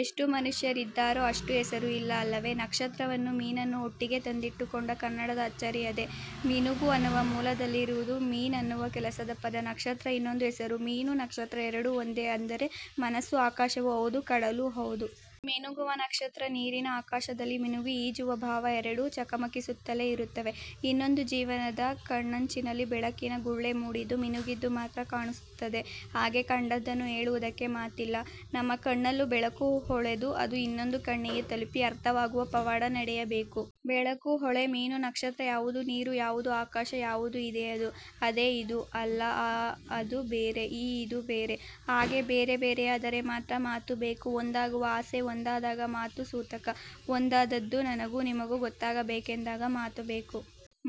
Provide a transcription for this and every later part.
ಎಷ್ಟು ಮನುಷ್ಯರಿದ್ದಾರೋ ಅಷ್ಟು ಹೆಸರು ಇಲ್ಲ ಅಲ್ಲವೇ? ನಕ್ಷತ್ರವನ್ನೂ ಮೀನನ್ನೂ ಒಟ್ಟಿಗೆ ತಂದಿಟ್ಟುಕೊಂಡ ಕನ್ನಡದ ಅಚ್ಚರಿ ಅದೇ. ಮಿನುಗು ಅನ್ನುವ ಮೂಲದಲ್ಲಿರುವುದು ಮೀನ್ ಅನ್ನುವ ಕೆಲಸದ ಪದ. ನಕ್ಷತ್ರದ ಇನ್ನೊಂದು ಹೆಸರು. ಮೀನು ನಕ್ಷತ್ರ ಎರಡೂ ಒಂದೇ ಅಂದರೆ ಮನಸ್ಸು ಆಕಾಶವೂ ಹೌದು, ಕಡಲೂ ಹೌದು. ಮಿನುಗುವ ನಕ್ಷತ್ರ, ನೀರಿನ ಆಕಾಶದಲ್ಲಿ ಮಿನುಗಿ ಈಜುವ ಭಾವ ಎರಡೂ ಚಕಮಕಿಸುತ್ತಲೇ ಇರುತ್ತವೆ. ಇನ್ನೊಂದು ಜೀವದ ಕಣ್ಣಂಚಿನಲ್ಲಿ ಬೆಳಕಿನ ಗುಳ್ಳೆ ಮೂಡಿದ್ದು ಮಿನುಗಿದ್ದು ಮಾತ್ರ ಕಾಣುತ್ತದೆ. ಹಾಗೆ ಕಂಡದ್ದನ್ನು ಹೇಳುವುದಕ್ಕೆ ಮಾತಿಲ್ಲ. ನಮ್ಮ ಕಣ್ಣಲ್ಲೂ ಬೆಳಕು ಹೊಳೆದು ಅದು ಇನ್ನೊಂದು ಕಣ್ಣಿಗೆ ತಲುಪಿ ಅರ್ಥವಾಗುವ ಪವಾಡ ನಡೆಯಬೇಕು. ಬೆಳಕು, ಹೊಳೆ, ಮೀನು, ನಕ್ಷತ್ರ ಯಾವುದು ನೀರು, ಯಾವುದು ಆಕಾಶ, ಯಾವುದು ಇದೇ ಅದು, ಅದೇ ಇದು. ಅಲ್ಲ ಆ ಅದು ಬೇರೆ, ಈ ಇದು ಬೇರೆ. ಹಾಗೆ ಬೇರೆಬೇರೆಯಾದರೆ ಮಾತ್ರ ಮಾತು ಬೇಕು. ಒಂದಾಗುವ ಆಸೆ. ಒಂದಾದಾಗ ಮಾತು ಸೂತಕ. ಒಂದಾದದ್ದು ನನಗೂ ನಿಮಗೂ ಗೊತ್ತಾಗಬೇಕೆಂದಾಗ ಮಾತು ಬೇಕು.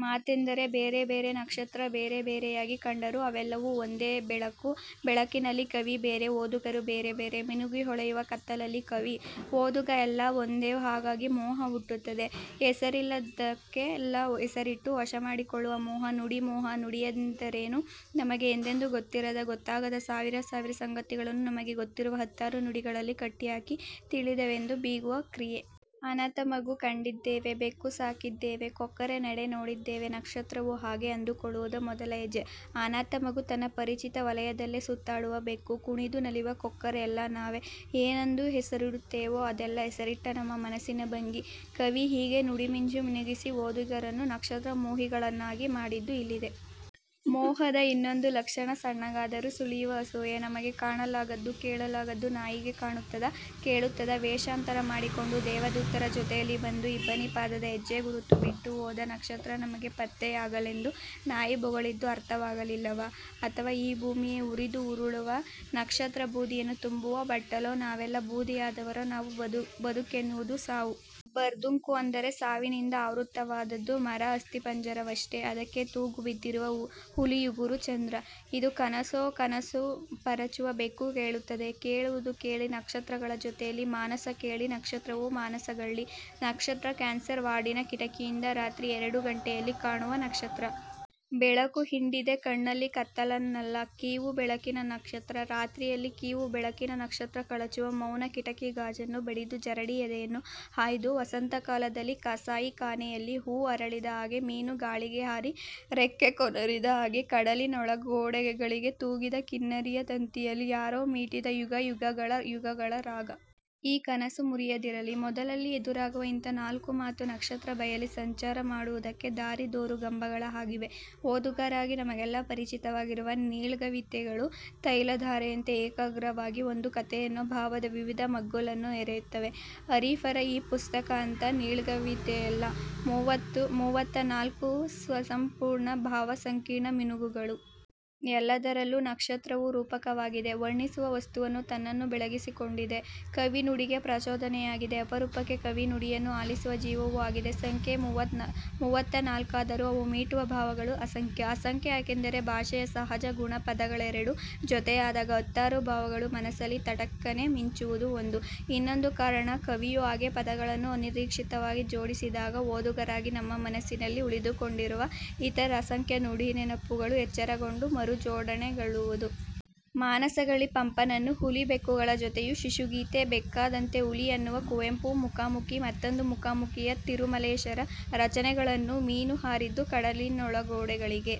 ಮಾತೆಂದರೆ ಬೇರೆ ಬೇರೆ ನಕ್ಷತ್ರ ಬೇರೆ ಬೇರೆಯಾಗಿ ಕಂಡರೂ ಅವೆಲ್ಲವೂ ಒಂದೇ ಬೆಳಕು. ಬೆಳಕಿನಲ್ಲಿ ಕವಿ ಬೇರೆ, ಓದುಗರು ಬೇರೆ ಬೇರೆ. ಮಿನುಗಿ ಹೊಳೆಯುವ ಕತ್ತಲಲ್ಲಿ ಕವಿ, ಓದುಗ ಎಲ್ಲಾ ಒಂದೇ. ಹಾಗಾಗಿ ಮೋಹ ಹುಟ್ಟುತ್ತದೆ. ಹೆಸರಿಲ್ಲದ್ದಕ್ಕೆಲ್ಲ ಹೆಸರಿಟ್ಟು ವಶಮಾಡಿಕೊಳ್ಳುವ ಮೋಹ. ನುಡಿ ಮೋಹ. ನುಡಿಯೆಂದರೇನು ನಮಗೆ ಎಂದೆಂದೂ ಗೊತ್ತಿರದ, ಗೊತ್ತಾಗದ ಸಾವಿರ ಸಾವಿರ ಸಂಗತಿಗಳನ್ನು ನಮಗೆ ಗೊತ್ತಿರುವ ಹತ್ತಾರು ನುಡಿಗಳಲ್ಲಿ ಕಟ್ಟಿಹಾಕಿ ತಿಳಿದೆವೆಂದು ಬೀಗುವ ಕ್ರಿಯೆ. ಅನಾಥ ಮಗು ಕಂಡಿದ್ದೇವೆ, ಬೆಕ್ಕು ಸಾಕಿದ್ದೇವೆ, ಕೊಕ್ಕರೆ ನಡೆ ನೋಡಿದ್ದೇವೆ ನಕ್ಷತ್ರವೂ ಹಾಗೆ ಅಂದುಕೊಳ್ಳುವುದು ಮೊದಲ ಹೆಜ್ಜೆ. ಅನಾಥ ಮಗು, ತನ್ನ ಪರಿಚಿತ ವಲಯದಲ್ಲೇ ಸುತ್ತಾಡುವ ಬೆಕ್ಕು, ಕುಣಿದು ನಲಿವ ಕೊಕ್ಕರೆ ಎಲ್ಲಾ ನಾವೇ, ಏನೆಂದು ಹೆಸರಿಡುತ್ತೇವೋ ಅದೆಲ್ಲ ಹೆಸರಿಟ್ಟ ನಮ್ಮ ಮನಸಿನ ಭಂಗಿ. ಕವಿ ಹೀಗೆ ನುಡಿಮಿಂಚು ಮಿನುಗಿಸಿ ಓದುಗರನ್ನೂ ನಕ್ಷತ್ರಮೋಹಿಗಳನ್ನಾಗಿ ಮಾಡಿದ್ದು ಇಲ್ಲಿದೆ. ಮೋಹದ ಇನ್ನೊಂದು ಲಕ್ಷಣ ಸಣ್ಣಗಾದರೂ ಸುಳಿಯುವ ಅಸೂಯೆ. ನಮಗೆ ಕಾಣಲಾಗದ್ದು, ಕೇಳಲಾಗದ್ದು ನಾಯಿಗೆ ಕಾಣುತ್ತದಾ, ಕೇಳುತ್ತದಾ? ವೇಷಾಂತರ ಮಾಡಿಕೊಂಡು ದೇವದೂತರ ಜೊತೆಯಲ್ಲಿ ಬಂದು ಇಬ್ಬನಿ ಪಾದದ ಹೆಜ್ಜೆ ಗುರುತು ಬಿಟ್ಟು ಹೋದ ನಕ್ಷತ್ರ ನಮಗೆ ಪತ್ತೆಯಾಗಲೆಂದು ನಾಯಿ ಬೊಗಳಿದ್ದು ಅರ್ಥವಾಗಲಿಲ್ಲವಾ? ಅಥವಾ ಈ ಭೂಮಿಯೇ ಉರಿದು ಉರುಳುವ ನಕ್ಷತ್ರಬೂದಿಯನ್ನು ತುಂಬುವ ಬಟ್ಟಲೋ ನಾವೆಲ್ಲ ಬೂದಿಯಾದವರೋ ನಾವು ಬದುಕೆನ್ನುವುದು ಸಾವು. ಬರ್ದುಂಕು ಅಂದರೆ ಸಾವಿನಿಂದ ಆವೃತ್ತವಾದದ್ದು. ಮರ ಅಸ್ತಿಪಂಜರವಷ್ಟೇ ಅದಕ್ಕೆ ತೂಗುಬಿದ್ದಿರುವ ಹುಲಿಯುಗುರು ಚಂದ್ರ. ಇದು ಕನಸೋ? ಕನಸು ಪರಚುವ ಬೆಕ್ಕು ಕೇಳುತ್ತದೆ. ಕೇಳುವುದು ಕೇಳಿ ನಕ್ಷತ್ರಗಳ ಜೊತೆಯಲ್ಲಿ ಮಾನಸ ಕೇಳಿ ನಕ್ಷತ್ರವು ಮಾನಸಗಳ್ಳಿ. ನಕ್ಷತ್ರ ಕ್ಯಾನ್ಸರ್ ವಾರ್ಡಿನ ಕಿಟಕಿಯಿಂದ ರಾತ್ರಿ ಎರಡು ಗಂಟೆಯಲ್ಲಿ ಕಾಣುವ ನಕ್ಷತ್ರ. 'ಬೆಳಕು ಹಿಂಡಿದೆ ಕಣ್ಣಲ್ಲಿ ಕತ್ತಲನ್ನಲ್ಲ ಕೀವು ಬೆಳಕಿನ ನಕ್ಷತ್ರ'. ರಾತ್ರಿಯಲ್ಲಿ ಕೀವು ಬೆಳಕಿನ ನಕ್ಷತ್ರ ಕಳಚುವ ಮೌನ ಕಿಟಕಿ ಗಾಜನ್ನು ಬಡಿದು ಜರಡಿ ಎದೆಯನ್ನು ಹಾಯ್ದು ವಸಂತಕಾಲದಲ್ಲಿ ಕಸಾಯಿಖಾನೆಯಲ್ಲಿ ಹೂ ಅರಳಿದ ಹಾಗೆ ಮೀನು ಗಾಳಿಗೆ ಹಾರಿ ರೆಕ್ಕೆ ಕೊನರಿದ ಹಾಗೆ 'ಕಡಲಿನೊಳಗೋಡೆಗಳಿಗೆ ತೂಗಿದ ಕಿನ್ನರಿಯ ತಂತಿಯಲಿ ಯಾರೋ ಮೀಟಿದ ಯುಗ ಯುಗಗಳ ಯುಗಳ ರಾಗ'. ಈ ಕನಸು ಮುರಿಯದಿರಲಿ. ಮೊದಲಲ್ಲಿ ಎದುರಾಗುವ ಇಂಥ ನಾಲ್ಕು ಮಾತು ನಕ್ಷತ್ರಬಯಲ್ಲಿ ಸಂಚಾರ ಮಾಡುವುದಕ್ಕೆ ದಾರಿದೋರುಗಂಬಗಳ ಹಾಗಿವೆ. ಓದುಗರಾಗಿ ನಮಗೆಲ್ಲ ಪರಿಚಿತವಾಗಿರುವ ನೀಳ್ಗವಿತೆಗಳು ತೈಲಧಾರೆಯಂತೆ ಏಕಾಗ್ರವಾಗಿ ಒಂದು ಕಥೆಯನ್ನೋ ಭಾವದ ವಿವಿಧ ಮಗ್ಗುಲನ್ನೋ ಎರೆಯುತ್ತವೆ. ಅರೀಫರ ಈ ಪುಸ್ತಕ ಅಂಥ ನೀಳ್ಗವಿತೆಯಲ್ಲ, ಮೂವತ್ತ ನಾಲ್ಕು ಸ್ವಸಂಪೂರ್ಣ ಭಾವ ಸಂಕೀರ್ಣ ಮಿನುಗುಗಳು. ಎಲ್ಲದರಲ್ಲೂ ನಕ್ಷತ್ರವು ರೂಪಕವಾಗಿದೆ. ವರ್ಣಿಸುವ ವಸ್ತುವನ್ನೂ ತನ್ನನ್ನೂ ಬೆಳಗಿಕೊಂಡಿದೆ. ಕವಿ ನುಡಿಗೆ ಪ್ರಚೋದನೆಯಾಗಿದೆ, ಅಪರೂಪಕ್ಕೆ ಕವಿ ನುಡಿಯನ್ನು ಆಲಿಸುವ ಜೀವವೂ ಆಗಿದೆ. ಸಂಖ್ಯೆ ಮೂವತ್ತನಾಲ್ಕಾದರೂ ಅವು ಮೀಟುವ ಭಾವಗಳು ಅಸಂಖ್ಯ. ಅಸಂಖ್ಯ ಯಾಕೆಂದರೆ ಭಾಷೆಯ ಸಹಜ ಗುಣ ಪದಗಳೆರಡು ಜೊತೆಯಾದಾಗ ಹತ್ತಾರು ಭಾವಗಳು ಮನಸ್ಸಲ್ಲಿ ತಟಕ್ಕನೆ ಮಿಂಚುವುದು ಒಂದು, ಇನ್ನೊಂದು ಕಾರಣ ಕವಿಯು ಹಾಗೆ ಪದಗಳನ್ನು ಅನಿರೀಕ್ಷಿತವಾಗಿ ಜೋಡಿಸಿದಾಗ ಓದುಗರಾಗಿ ನಮ್ಮ ಮನಸ್ಸಿನಲ್ಲಿ ಉಳಿದುಕೊಂಡಿರುವ ಇತರ ಅಸಂಖ್ಯ ನುಡಿನೆನಪುಗಳು ಎಚ್ಚರಗೊಂಡು ಮರುಜೋಡಣೆಗೊಳ್ಳುವುದು. ಮಾನಸಗಳ್ಳಿ ಪಂಪನನ್ನು, ಹುಲಿ-ಬೆಕ್ಕುಗಳ ಜೊತೆಯು ಶಿಶುಗೀತೆ, ಬೆಕ್ಕಾದಂತೆ ಹುಲಿ ಅನ್ನುವ ಕುವೆಂಪು, ಮುಖಾಮುಖಿ, ಮತ್ತೊಂದು ಮುಖಾಮುಖಿಯ ತಿರುಮಲೇಶರ ರಚನೆಗಳನ್ನೂ, ಮೀನು ಹಾರಿದ್ದು ಕಡಲಿನೊಳಗೋಡೆಗಳಿಗೆ